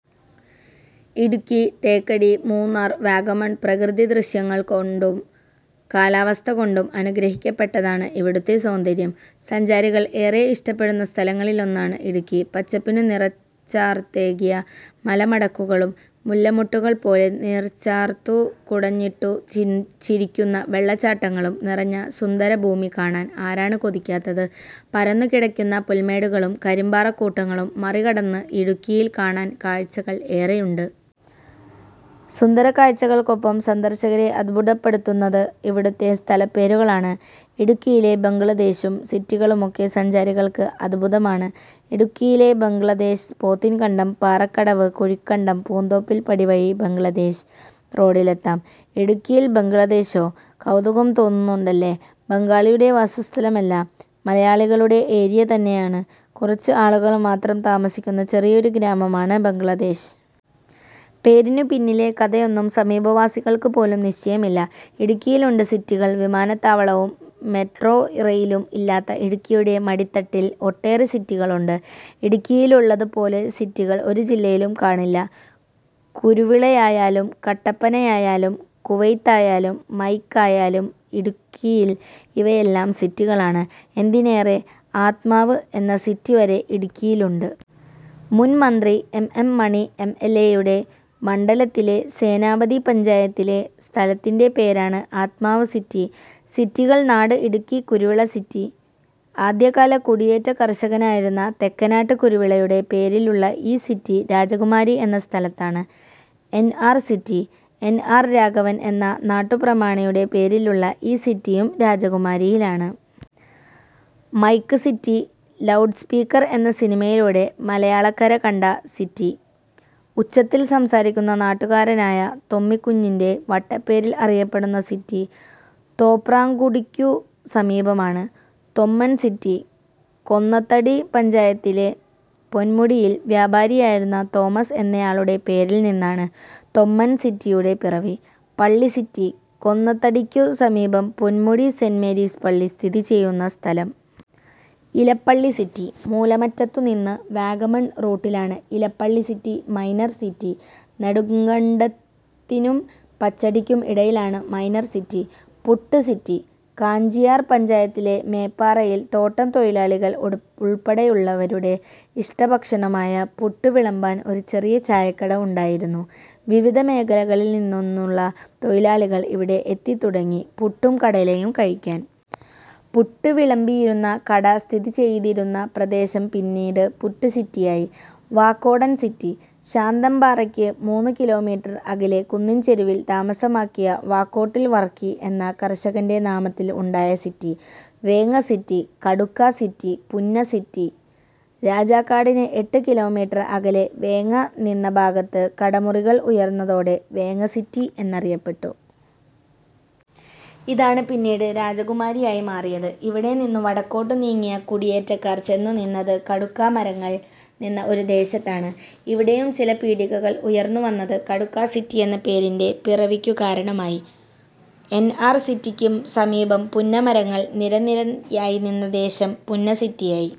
ഇടുക്കി, തേക്കടി, മൂന്നാർ, വാഗമൺ പ്രകൃതിദൃശ്യങ്ങൾകൊണ്ടും കാലാവസ്ഥകൊണ്ടും അനുഗ്രഹിക്കപ്പെട്ടതാണ് ഇവിടുത്തെ സൗന്ദര്യം. സഞ്ചാരികൾ ഏറെ ഇഷ്ടപ്പെടുന്ന സ്ഥലങ്ങളിലൊന്നാണ് ഇടുക്കി. പച്ചപ്പിനു നിറച്ചാർത്തേകിയ മലമടക്കുകളും മുല്ലമൊട്ടുകൾ പോലെ നീർച്ചാർത്തു കുടഞ്ഞിട്ടു ചി ചിരിക്കുന്ന വെള്ളച്ചാട്ടങ്ങളും നിറഞ്ഞ സുന്ദരഭൂമി കാണാൻ ആരാണ് കൊതിക്കാത്തത്. പരന്നുകിടക്കുന്ന പുൽമേടുകളും കരിമ്പാറക്കൂട്ടങ്ങളും മറികടന്ന് ഇടുക്കിയിൽ കാണാൻ കാഴ്ചകൾ ഏറെയുണ്ട്. സുന്ദര കാഴ്ചകൾക്കൊപ്പം സന്ദർശകരെ അദ്ഭുതപ്പെടുത്തുന്നത് ഇവിടുത്തെ സ്ഥലപേരുകളാണ്. ഇടുക്കിയിലെ ബംഗ്ലദേശും സിറ്റികളുമൊക്കെ സഞ്ചാരികൾക്ക് അദ്ഭുതമാണ്. ഇടുക്കിയിലെ ബംഗ്ലദേശ്, പോത്തിൻകണ്ടം- പാറക്കടവ്- കുഴിക്കണ്ടം-പൂന്തോപ്പിൽപടി വഴി ബംഗ്ലദേശ് റോഡിലെത്താം. ഇടുക്കിയിൽ ബംഗ്ലദേശോ? കൗതുകം തോന്നുന്നുണ്ടല്ലേ? ബംഗാളിയുടെ വാസസ്ഥലമല്ല. മലയാളികളുടെ ഏരിയ തന്നെയാണ്. കുറച്ച് ആളുകൾ മാത്രം താമസിക്കുന്ന ചെറിയൊരു ഗ്രാമമാണ് ബംഗ്ലദേശ്. പേരിനു പിന്നിലെ കഥയൊന്നും സമീപവാസികൾക്കുപോലും നിശ്ചയമില്ല. ഇടുക്കിയിലുണ്ട് സിറ്റികൾ വിമാനത്താവളവും മെട്രോ റെയിലും ഇല്ലാത്ത ഇടുക്കിയുടെ മടിത്തട്ടിൽ ഒട്ടേറെ സിറ്റികളുണ്ട്. ഇടുക്കിയിലുള്ളതുപോലെ സിറ്റികൾ ഒരു ജില്ലയിലും കാണില്ല. കുരുവിളയായാലും കട്ടപ്പനയായാലും കുവൈത്തായാലും മൈക്ക് ആയാലും ഇടുക്കിയിൽ ഇവയെല്ലാം സിറ്റികളാണ്. എന്തിനേറെ, ' ആത്മാവ് ' എന്ന സിറ്റി വരെ ഇടുക്കിയിലുണ്ട്. മുൻ മന്ത്രി എം. എം. മണി എംഎൽഎയുടെ മണ്ഡലത്തിലെ സേനാപതി പഞ്ചായത്തിലെ സ്ഥലത്തിന്റെ പേരാണ് ആത്മാവ്സിറ്റി. സിറ്റികൾ നാട് ഇടുക്കി കുരുവിള സിറ്റി: ആദ്യകാല കുടിയേറ്റ കർഷകനായിരുന്ന തെക്കനാട്ട് കുരുവിളയുടെ പേരിലുള്ള ഈ സിറ്റി രാജകുമാരി എന്ന സ്ഥലത്താണ്. NR city: N. R. Raghavan എന്ന നാട്ടുപ്രമാണിയുടെ പേരിലുള്ള ഈ സിറ്റിയും രാജകുമാരിയിലാണ്. മൈക്ക് സിറ്റി: ലൗഡ്സ്പീക്കർ എന്ന സിനിമയിലൂടെ മലയാളക്കര കണ്ട സിറ്റി, ഉച്ചത്തിൽ സംസാരിക്കുന്ന നാട്ടുകാരനായ തൊമ്മിക്കുഞ്ഞിന്റെ വട്ടപ്പേരിൽ അറിയപ്പെടുന്ന സിറ്റി തോപ്രാംകുടിക്കു സമീപമാണ്. തൊമ്മൻ സിറ്റി: കൊന്നത്തടി പഞ്ചായത്തിലെ പൊന്മുടിയിൽ വ്യാപാരിയായിരുന്ന തോമസ് എന്നയാളുടെ പേരിൽ നിന്നാണ് തൊമ്മൻ സിറ്റിയുടെ പിറവി. പള്ളി സിറ്റി: കൊന്നത്തടിക്കു സമീപം പൊൻമുടി സെന്റ് മേരീസ് പള്ളി സ്ഥിതിചെയ്യുന്ന സ്ഥലം. ഇലപ്പള്ളി സിറ്റി: മൂലമറ്റത്തുനിന്ന് വാഗമൺ റൂട്ടിലാണ് ഇലപ്പള്ളി സിറ്റി. മൈനർ സിറ്റി: നെടുങ്കണ്ടത്തിനും പച്ചടിക്കും ഇടയിലാണ് minor city. Puttu city: Kanchiyar പഞ്ചായത്തിലെ മേപ്പാറയിൽ തോട്ടം തൊഴിലാളികൾ ഉട് ഉൾപ്പെടെയുള്ളവരുടെ ഇഷ്ടഭക്ഷണമായ പുട്ട് വിളമ്പാൻ ഒരു ചെറിയ ചായക്കട ഉണ്ടായിരുന്നു. വിവിധ മേഖലകളിൽ നിന്നൊന്നുള്ള തൊഴിലാളികൾ ഇവിടെ എത്തിത്തുടങ്ങി, പുട്ടും കടലയും കഴിക്കാൻ. പുട്ട് വിളമ്പിയിരുന്ന കട സ്ഥിതിചെയ്തിരുന്ന പ്രദേശം പിന്നീട് പുട്ടുസിറ്റിയായി. വാക്കോടൻ സിറ്റി: ശാന്തൻപാറയ്ക്ക് മൂന്നു കിലോമീറ്റർ അകലെ കുന്നിൻചെരുവിൽ താമസമാക്കിയ വാക്കോട്ടിൽ വർക്കി എന്ന കർഷകന്റെ നാമത്തിൽ ഉണ്ടായ city. Venga city, Kadukka city, Punna city: രാജാക്കാടിന് എട്ടു കിലോമീറ്റർ അകലെ വേങ്ങ നിന്ന ഭാഗത്ത് കടമുറികൾ ഉയർന്നതോടെ വേങ്ങ സിറ്റി എന്നറിയപ്പെട്ടു. ഇതാണ് പിന്നീട് രാജകുമാരിയായി മാറിയത്. ഇവിടെനിന്നു വടക്കോട്ടു നീങ്ങിയ കുടിയേറ്റക്കാർ ചെന്നുനിന്നത് കടുക്കാമരങ്ങൾ നിന്ന ഒരു ദേശത്താണ്. ഇവിടെയും ചില പീടികകൾ ഉയർന്നുവന്നത് കടുക്കാ സിറ്റിയെന്ന പേരിന്റെ പിറവിക്കു കാരണമായി. എൻആർ സിറ്റിക്കു സമീപം പുന്നമരങ്ങൾ നിരനിരയായി നിന്ന ദേശം പുന്ന സിറ്റിയായി.